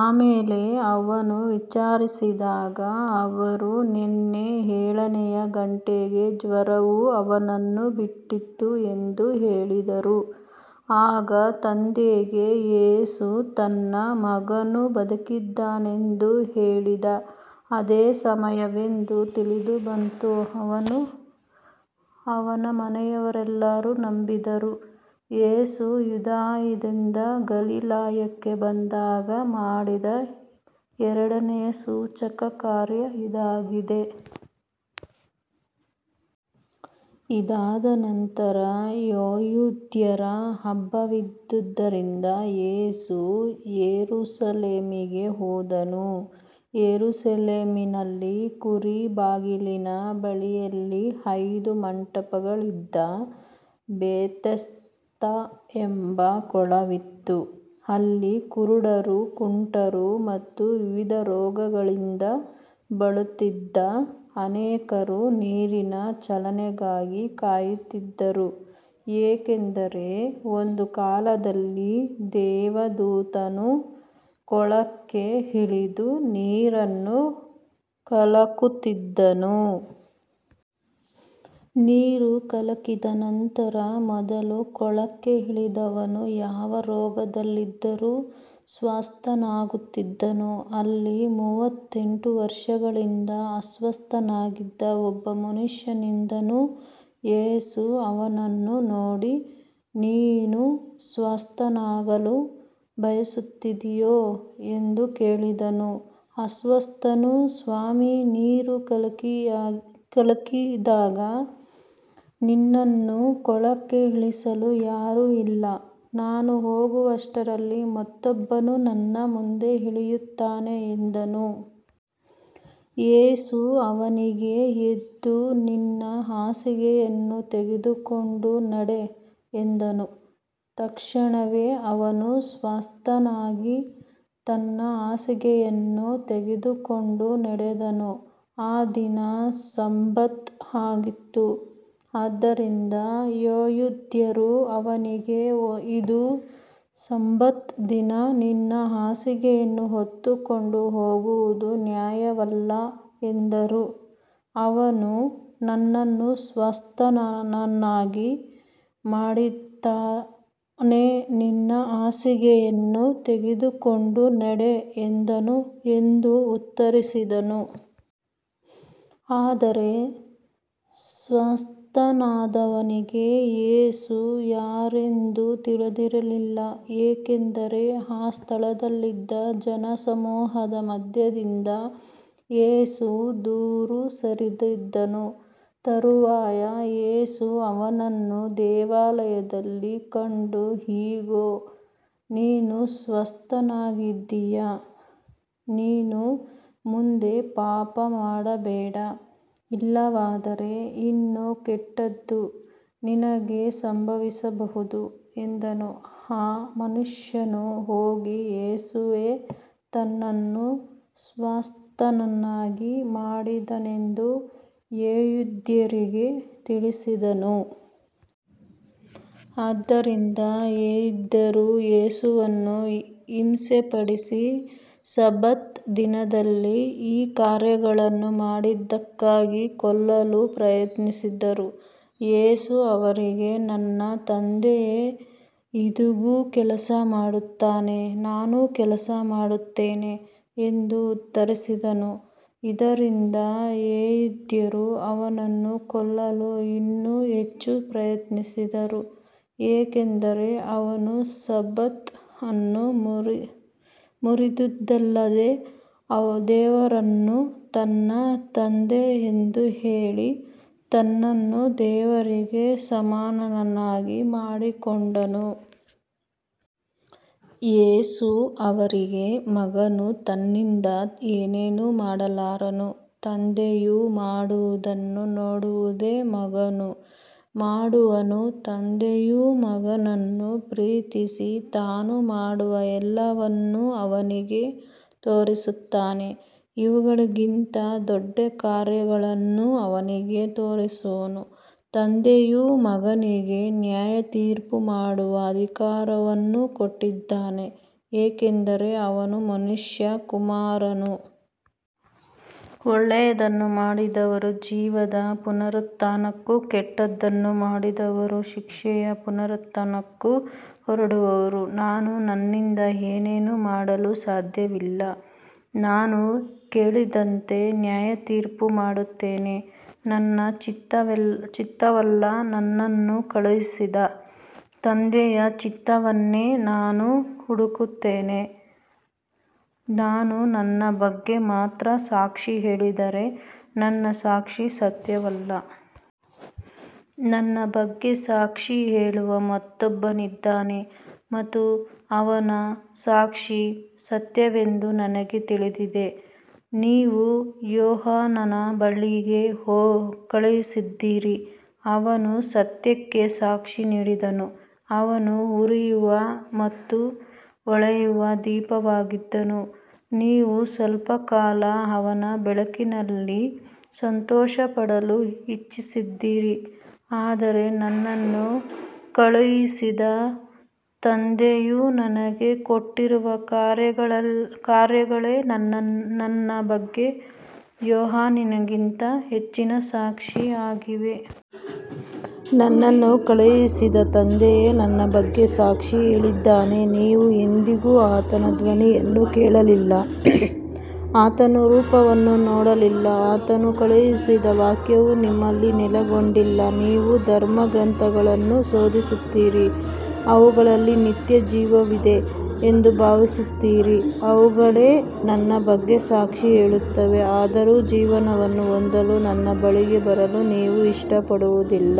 ಆಮೇಲೆ ಅವನು ವಿಚಾರಿಸಿದಾಗ ಅವರು, ನಿನ್ನೆ ಏಳನೆಯ ಗಂಟೆಗೆ ಜ್ವರವು ಅವನನ್ನು ಬಿಟ್ಟಿತು ಎಂದು ಹೇಳಿದರು. ಆಗ ತಂದೆಗೆ ಯೇಸು ತನ್ನ ಮಗನು ಬದುಕಿದ್ದಾನೆಂದು ಹೇಳಿದ ಅದೇ ಸಮಯವೆಂದು ತಿಳಿದುಬಂತು. ಅವನೂ ಅವನ ಮನೆಯವರೆಲ್ಲರೂ ನಂಬಿದರು. ಯೇಸು ಯೂದಾಯದಿಂದ ಗಲಿಲಾಯಕ್ಕೆ ಬಂದಾಗ ಮಾಡಿದ ಎರಡನೆಯ ಸೂಚಕಕಾರ್ಯ ಇದಾಗಿದೆ. ಇದಾದ ನಂತರ ಯೆಹೂದ್ಯರ ಹಬ್ಬವಿದ್ದುದರಿಂದ ಯೇಸು ಯೆರೂಸಲೇಮಿಗೆ ಹೋದನು. ಯೆರೂಸಲೇಮಿನಲ್ಲಿ ಕುರಿ ಬಾಗಿಲಿನ ಬಳಿಯಲ್ಲಿ ಐದು ಮಂಟಪಗಳಿದ್ದ ಬೆಥೆಸ್ದಾ ಎಂಬ ಕೊಳವಿತ್ತು. ಅಲ್ಲಿ ಕುರುಡರು, ಕುಂಟರು ಮತ್ತು ವಿವಿಧ ರೋಗಗಳಿಂದ ಬಳಲುತ್ತಿದ್ದ ಅನೇಕರು ನೀರಿನ ಚಲನೆಗಾಗಿ ಕಾಯುತ್ತಿದ್ದರು. ಏಕೆಂದರೆ ಒಂದು ಕಾಲದಲ್ಲಿ ದೇವದೂತನು ಕೊಳಕ್ಕೆ ಇಳಿದು ನೀರನ್ನು ಕಲಕುತ್ತಿದ್ದನು. ನೀರು ಕಲಕಿದ ನಂತರ ಮೊದಲು ಕೊಳಕ್ಕೆ ಇಳಿದವನು ಯಾವ ರೋಗದಲ್ಲಿದ್ದರೂ ಸ್ವಸ್ಥನಾಗುತ್ತಿದ್ದನು. ಅಲ್ಲಿ ಮೂವತ್ತೆಂಟು ವರ್ಷಗಳಿಂದ ಅಸ್ವಸ್ಥನಾಗಿದ್ದ ಒಬ್ಬ ಮನುಷ್ಯನಿದ್ದನು. ಯೇಸು ಅವನನ್ನು ನೋಡಿ, ನೀನು ಸ್ವಸ್ಥನಾಗಲು ಬಯಸುತ್ತೀಯೋ ಎಂದು ಕೇಳಿದನು. ಅಸ್ವಸ್ಥನು, ಸ್ವಾಮೀ, ನೀರು ಕಲಕಿದಾಗ ನನ್ನನ್ನು ಕೊಳಕ್ಕೆ ಇಳಿಸಲು ಯಾರೂ ಇಲ್ಲ. ನಾನು ಹೋಗುವಷ್ಟರಲ್ಲಿ ಮತ್ತೊಬ್ಬನು ನನ್ನ ಮುಂದೆ ಇಳಿಯುತ್ತಾನೆ ಎಂದನು. ಯೇಸು ಅವನಿಗೆ, ಎದ್ದು ನಿನ್ನ ಹಾಸಿಗೆಯನ್ನು ತೆಗೆದುಕೊಂಡು ನಡೆ ಎಂದನು. ತಕ್ಷಣವೇ ಅವನು ಸ್ವಸ್ಥನಾಗಿ ತನ್ನ ಹಾಸಿಗೆಯನ್ನು ತೆಗೆದುಕೊಂಡು ನಡೆದನು. ಆ ದಿನ ಸಬ್ಬತ್ ಆಗಿತ್ತು. ಆದ್ದರಿಂದ ಯೆಹೂದ್ಯರು ಅವನಿಗೆ, ಇದು ಸಬ್ಬತ್ ದಿನ, ನಿನ್ನ ಹಾಸಿಗೆಯನ್ನು ಹೊತ್ತುಕೊಂಡು ಹೋಗುವುದು ನ್ಯಾಯವಲ್ಲ ಎಂದರು. ಅವನು, ನನ್ನನ್ನು ಸ್ವಸ್ಥನನ್ನಾಗಿ ಮಾಡಿದಾತನೇ ನಿನ್ನ ಹಾಸಿಗೆಯನ್ನು ತೆಗೆದುಕೊಂಡು ನಡೆ ಎಂದನು ಎಂದು ಉತ್ತರಿಸಿದನು. ಆದರೆ ಸ್ವಸ್ಥನಾದವನಿಗೆ ಯೇಸು ಯಾರೆಂದು ತಿಳಿದಿರಲಿಲ್ಲ, ಏಕೆಂದರೆ ಆ ಸ್ಥಳದಲ್ಲಿದ್ದ ಜನಸಮೂಹದ ಮಧ್ಯದಿಂದ ಯೇಸು ದೂರ ಸರಿದಿದ್ದನು. ತರುವಾಯ ಯೇಸು ಅವನನ್ನು ದೇವಾಲಯದಲ್ಲಿ ಕಂಡು, ಇಗೋ, ನೀನು ಸ್ವಸ್ಥನಾಗಿದ್ದೀಯ, ಇನ್ನು ಮುಂದೆ ಪಾಪ ಮಾಡಬೇಡ, ಇಲ್ಲವಾದರೆ ಇನ್ನೂ ಕೆಟ್ಟದ್ದು ನಿನಗೆ ಸಂಭವಿಸಬಹುದು ಎಂದನು. ಆ ಮನುಷ್ಯನು ಹೋಗಿ ಯೇಸುವೇ ತನ್ನನ್ನು ಸ್ವಸ್ಥನನ್ನಾಗಿ ಮಾಡಿದನೆಂದು ಯೆಹೂದ್ಯರಿಗೆ ತಿಳಿಸಿದನು. ಆದ್ದರಿಂದ ಯೆಹೂದ್ಯರು ಯೇಸುವನ್ನು ಹಿಂಸೆಪಡಿಸಿ ಸಬ್ಬತ್ ದಿನದಲ್ಲಿ ಈ ಕಾರ್ಯಗಳನ್ನು ಮಾಡಿದ್ದಕ್ಕಾಗಿ ಕೊಲ್ಲಲು ಪ್ರಯತ್ನಿಸಿದರು. ಯೇಸು ಅವರಿಗೆ, ನನ್ನ ತಂದೆಯು ಇಂದಿಗೂ ಕೆಲಸ ಮಾಡುತ್ತಾನೆ, ನಾನೂ ಕೆಲಸ ಮಾಡುತ್ತೇನೆ ಎಂದು ಉತ್ತರಿಸಿದನು. ಇದರಿಂದ ಯೆಹೂದ್ಯರು ಅವನನ್ನು ಕೊಲ್ಲಲು ಇನ್ನೂ ಹೆಚ್ಚು ಪ್ರಯತ್ನಿಸಿದರು, ಏಕೆಂದರೆ ಅವನು ಸಬ್ಬತ್ ಅನ್ನು ಮುರಿದುದಲ್ಲದೆ ದೇವರನ್ನು ತನ್ನ ತಂದೆ ಎಂದು ಹೇಳಿ ತನ್ನನ್ನು ದೇವರಿಗೆ ಸಮಾನನನ್ನಾಗಿ ಮಾಡಿಕೊಂಡನು. ಯೇಸು ಅವರಿಗೆ, ಮಗನು ತನ್ನಿಂದ ಏನನ್ನೂ ಮಾಡಲಾರನು. ತಂದೆಯು ಮಾಡುವುದನ್ನು ನೋಡುವುದೇ ಮಗನು ಮಾಡುವನು. ತಂದೆಯು ಮಗನನ್ನು ಪ್ರೀತಿಸಿ ತಾನು ಮಾಡುವ ಎಲ್ಲವನ್ನೂ ಅವನಿಗೆ ತೋರಿಸುತ್ತಾನೆ. ಇವುಗಳಿಗಿಂತ ದೊಡ್ಡ ಕಾರ್ಯಗಳನ್ನೂ ಅವನಿಗೆ ತೋರಿಸುವನು. ತಂದೆಯು ಮಗನಿಗೆ ನ್ಯಾಯತೀರ್ಪು ಮಾಡುವ ಅಧಿಕಾರವನ್ನೂ ಕೊಟ್ಟಿದ್ದಾನೆ, ಏಕೆಂದರೆ ಅವನು ಮನುಷ್ಯಕುಮಾರನು. ಒಳ್ಳೆಯದನ್ನು ಮಾಡಿದವರು ಜೀವದ ಪುನರುತ್ಥಾನಕ್ಕೂ ಕೆಟ್ಟದ್ದನ್ನು ಮಾಡಿದವರು ಶಿಕ್ಷೆಯ ಪುನರುತ್ಥಾನಕ್ಕೂ ಹೊರಡುವರು. ನಾನು ನನ್ನಿಂದ ಏನನ್ನೂ ಮಾಡಲು ಸಾಧ್ಯವಿಲ್ಲ. ನಾನು ಕೇಳಿದಂತೆ ನ್ಯಾಯತೀರ್ಪು ಮಾಡುತ್ತೇನೆ. ನನ್ನ ಚಿತ್ತವಲ್ಲ, ನನ್ನನ್ನು ಕಳುಹಿಸಿದ ತಂದೆಯ ಚಿತ್ತವನ್ನೇ ನಾನು ಹುಡುಕುತ್ತೇನೆ. ನಾನು ನನ್ನ ಬಗ್ಗೆ ಮಾತ್ರ ಸಾಕ್ಷಿ ಹೇಳಿದರೆ ನನ್ನ ಸಾಕ್ಷಿ ಸತ್ಯವಲ್ಲ. ನನ್ನ ಬಗ್ಗೆ ಸಾಕ್ಷಿ ಹೇಳುವ ಮತ್ತೊಬ್ಬನಿದ್ದಾನೆ ಮತ್ತು ಅವನ ಸಾಕ್ಷಿ ಸತ್ಯವೆಂದು ನನಗೆ ತಿಳಿದಿದೆ. ನೀವು ಯೋಹಾನನ ಬಳಿಗೆ ಕಳುಹಿಸಿದ್ದೀರಿ, ಅವನು ಸತ್ಯಕ್ಕೆ ಸಾಕ್ಷಿ ನೀಡಿದನು. ಅವನು ಉರಿಯುವ ಮತ್ತು ಹೊಳೆಯುವ ದೀಪವಾಗಿದ್ದನು, ನೀವು ಸ್ವಲ್ಪಕಾಲ ಅವನ ಬೆಳಕಿನಲ್ಲಿ ಸಂತೋಷಪಡಲು ಇಚ್ಛಿಸಿದ್ದಿರಿ. ಆದರೆ ನನ್ನನ್ನು ಕಳುಹಿಸಿದ ತಂದೆಯು ನನಗೆ ಕೊಟ್ಟಿರುವ ಕಾರ್ಯಗಳೇ ನನ್ನ ಬಗ್ಗೆ ಯೋಹಾನನಿಗಿಂತ ಹೆಚ್ಚಿನ ಸಾಕ್ಷಿಯಾಗಿವೆ. ನನ್ನನ್ನು ಕಳುಹಿಸಿದ ತಂದೆಯೇ ನನ್ನ ಬಗ್ಗೆ ಸಾಕ್ಷಿ ಹೇಳಿದ್ದಾನೆ. ನೀವು ಎಂದಿಗೂ ಆತನ ಧ್ವನಿಯನ್ನು ಕೇಳಲಿಲ್ಲ, ಆತನ ರೂಪವನ್ನು ನೋಡಲಿಲ್ಲ. ಆತನು ಕಳುಹಿಸಿದ ವಾಕ್ಯವು ನಿಮ್ಮಲ್ಲಿ ನೆಲೆಗೊಂಡಿಲ್ಲ. ನೀವು ಧರ್ಮಗ್ರಂಥಗಳನ್ನು ಶೋಧಿಸುತ್ತೀರಿ, ಅವುಗಳಲ್ಲಿ ನಿತ್ಯಜೀವವಿದೆ ಎಂದು ಭಾವಿಸುತ್ತೀರಿ. ಅವುಗಳೇ ನನ್ನ ಬಗ್ಗೆ ಸಾಕ್ಷಿ ಹೇಳುತ್ತವೆ, ಆದರೂ ಜೀವವನ್ನು ಹೊಂದಲು ನನ್ನ ಬಳಿಗೆ ಬರಲು ನೀವು ಇಷ್ಟಪಡುವುದಿಲ್ಲ.